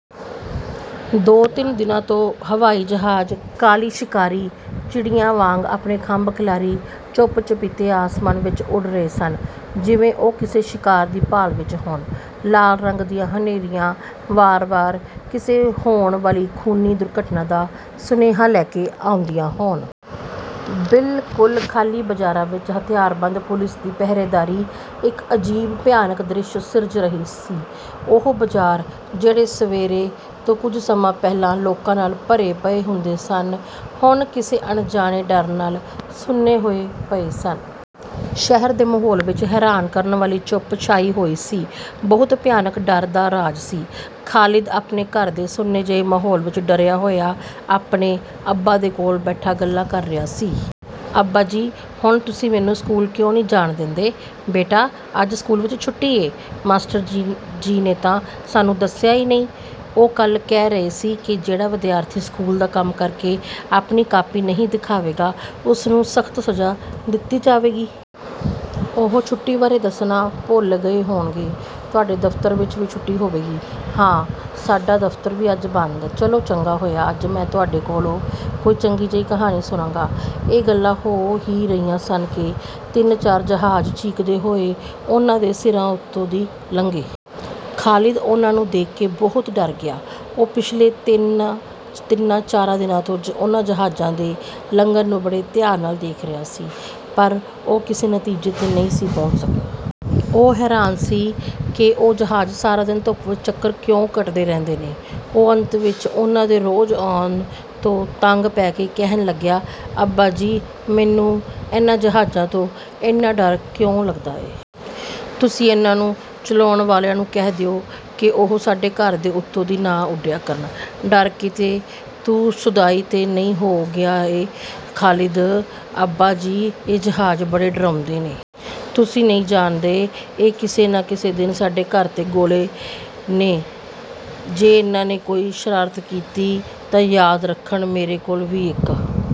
ਦੋ ਤਿੰਨ ਦਿਨਾਂ ਤੋਂ ਹਵਾਈ ਜਹਾਜ਼ ਕਾਲੀ ਸ਼ਿਕਾਰੀ ਚਿੜੀਆਂ ਵਾਂਗ ਆਪਣੇ ਖੰਭ ਖਿਲਾਰੀ ਚੁੱਪ ਚੁਪੀਤੇ ਆਸਮਾਨ ਵਿਚ ਉੱਡ ਰਹੇ ਸਨ ਜਿਵੇਂ ਉਹ ਕਿਸੇ ਸ਼ਿਕਾਰ ਦੀ ਭਾਲ ਵਿਚ ਹੋਣ। ਲਾਲ ਰੰਗ ਦੀਆਂ ਹਨੇਰੀਆਂ ਵਾਰ ਵਾਰ ਕਿਸੇ ਹੋਣ ਵਾਲੀ ਖ਼ੂਨੀ ਦੁਰਘਟਨਾ ਦਾ ਸੁਨੇਹਾ ਲੈ ਕੇ ਆਉਂਦੀਆਂ ਹੋਣ। ਬਿਲਕੁਲ ਖਾਲੀ ਬਾਜ਼ਾਰਾਂ ਵਿਚ ਹਥਿਆਰਬੰਦ ਪੁਲੀਸ ਦੀ ਪਹਿਰੇਦਾਰੀ ਇਕ ਅਜੀਬ ਭਿਆਨਕ ਦ੍ਰਿਸ਼ ਸਿਰਜ ਰਹੀ ਸੀ। ਉਹ ਬਾਜ਼ਾਰ ਜਿਹੜੇ ਸਵੇਰ ਤੋਂ ਕੁਝ ਸਮਾਂ ਪਹਿਲਾਂ ਲੋਕਾਂ ਨਾਲ ਭਰੇ ਪਏ ਹੁੰਦੇ ਸਨ ਹੁਣ ਕਿਸੇ ਅਣਜਾਣੇ ਡਰ ਨਾਲ ਸੁੰਨੇ ਹੋਏ ਪਏ ਸਨ। ਸ਼ਹਿਰ ਦੇ ਮਾਹੌਲ ਵਿਚ ਹੈਰਾਨ ਕਰਨ ਵਾਲੀ ਚੁੱਪ ਛਾਈ ਹੋਈ ਸੀ। ਬਹੁਤ ਭਿਆਨਕ ਡਰ ਦਾ ਰਾਜ ਸੀ। ਖ਼ਾਲਿਦ ਆਪਣੇ ਘਰ ਦੇ ਸੁੰਨੇ ਜਿਹੇ ਮਾਹੌਲ ਵਿਚ ਡਰਿਆ ਹੋਇਆ ਆਪਣੇ ਅੱਬਾ ਦੇ ਕੋਲ ਬੈਠਾ ਗੱਲਾਂ ਕਰ ਰਿਹਾ ਸੀ। ਅੱਬਾ ਜੀ ਹੁਣ ਤੁਸੀਂ ਮੈਨੂੰ ਸਕੂਲ ਕਿਉਂ ਨਹੀਂ ਜਾਣ ਦੇਂਦੇ? ਬੇਟਾ ਅੱਜ ਸਕੂਲ ਵਿਚ ਛੁੱਟੀ ਏ। ਮਾਸਟਰ ਜੀ ਨੇ ਤਾਂ ਸਾਨੂੰ ਦੱਸਿਆ ਈ ਨਹੀਂ। ਉਹ ਕੱਲ੍ਹ ਕਹਿ ਰਹੇ ਸੀ ਕਿ ਜਿਹੜਾ ਵਿਦਿਆਰਥੀ ਸਕੂਲ ਦਾ ਕੰਮ ਕਰਕੇ ਆਪਣੀ ਕਾਪੀ ਨਹੀਂ ਦਿਖਾਵੇਗਾ ਓਸ ਨੂੰ ਸਖ਼ਤ ਸਜ਼ਾ ਦਿੱਤੀ ਜਾਵੇਗੀ। ਉਹ ਛੁੱਟੀ ਬਾਰੇ ਦੱਸਣਾ ਭੁੱਲ ਗਏ ਹੋਣਗੇ। ਤੁਹਾਡੇ ਦਫ਼ਤਰ ਵਿਚ ਵੀ ਛੁੱਟੀ ਹੋਵੇਗੀ? ਹਾਂ, ਸਾਡਾ ਦਫ਼ਤਰ ਵੀ ਅੱਜ ਬੰਦ ਏ। ਚਲੋ ਚੰਗਾ ਹੋਇਆ। ਅੱਜ ਮੈਂ ਤੁਹਾਡੇ ਕੋਲੋਂ ਕੋਈ ਚੰਗੀ ਜਿਹੀ ਕਹਾਣੀ ਸੁਣਾਂਗਾ। ਇਹ ਗੱਲਾਂ ਹੋ ਈ ਰਹੀਆਂ ਸਨ ਕਿ ਤਿੰਨ ਚਾਰ ਜਹਾਜ਼ ਚੀਕਦੇ ਹੋਏ ਉਨ੍ਹਾਂ ਦੇ ਸਿਰਾਂ ਦੇ ਉੱਤੋਂ ਦੀ ਲੰਘੇ। ਖ਼ਾਲਿਦ ਉਨ੍ਹਾਂ ਨੂੰ ਦੇਖ ਕੇ ਬਹੁਤ ਡਰ ਗਿਆ। ਉਹ ਪਿਛਲੇ ਤਿੰਨਾਂ ਚਾਰਾਂ ਦਿਨਾਂ ਤੋਂ ਉਨ੍ਹਾਂ ਜਹਾਜ਼ਾਂ ਦੇ ਲੰਘਣ ਨੂੰ ਬੜੇ ਧਿਆਨ ਨਾਲ ਦੇਖ ਰਿਹਾ ਸੀ ਪਰ ਉਹ ਕਿਸੇ ਨਤੀਜੇ ਤੇ ਨਹੀਂ ਸੀ ਪਹੁੰਚ ਸਕਿਆ। ਉਹ ਹੈਰਾਨ ਸੀ ਕਿ ਉਹ ਜਹਾਜ਼ ਸਾਰਾ ਦਿਨ ਧੁੱਪ ਵਿਚ ਚੱਕਰ ਕਿਉਂ ਕੱਟਦੇ ਰਹਿੰਦੇ ਨੇ? ਉਹ ਅੰਤ ਵਿਚ ਉਨ੍ਹਾਂ ਦੇ ਰੋਜ਼ ਆਉਣ ਤੋਂ ਤੰਗ ਪੈ ਕੇ ਕਹਿਣ ਲੱਗਿਆ ਅੱਬਾ ਜੀ ਮੈਨੂੰ ਇਨ੍ਹਾਂ ਜਹਾਜ਼ਾਂ ਤੋਂ ਏਨਾ ਡਰ ਕਿਉਂ ਲੱਗਦਾ ਏ? ਤੁਸੀਂ ਇਨ੍ਹਾਂ ਨੂੰ ਚਲਾਉਣ ਵਾਲਿਆਂ ਨੂੰ ਕਹਿ ਦਿਓ ਕਿ ਉਹ ਸਾਡੇ ਘਰ ਦੇ ਉੱਤੋਂ ਦੀ ਨਾ ਉੱਡਿਆ ਕਰਨ। ਡਰ ਕਿਤੇ ਤੂੰ ਸ਼ੁਦਾਈ ਤੇ ਨਹੀਂ ਹੋ ਗਿਆ ਏਂ ਖ਼ਾਲਿਦ? ਅੱਬਾ ਜੀ ਇਹ ਜਹਾਜ਼ ਬੜੇ ਡਰਾਉਂਦੇ ਨੇ। ਤੁਸੀਂ ਨਹੀਂ ਜਾਣਦੇ, ਇਹ ਕਿਸੇ ਨਾ ਕਿਸੇ ਦਿਨ ਸਾਡੇ ਘਰ ਤੇ ਗੋਲੇ ਨੇ। ਜੇ ਇਨ੍ਹਾਂ ਨੇ ਕੋਈ ਸ਼ਰਾਰਤ ਕੀਤੀ ਤਾਂ ਯਾਦ ਰੱਖਣ, ਮੇਰੇ ਕੋਲ ਵੀ ਇਕ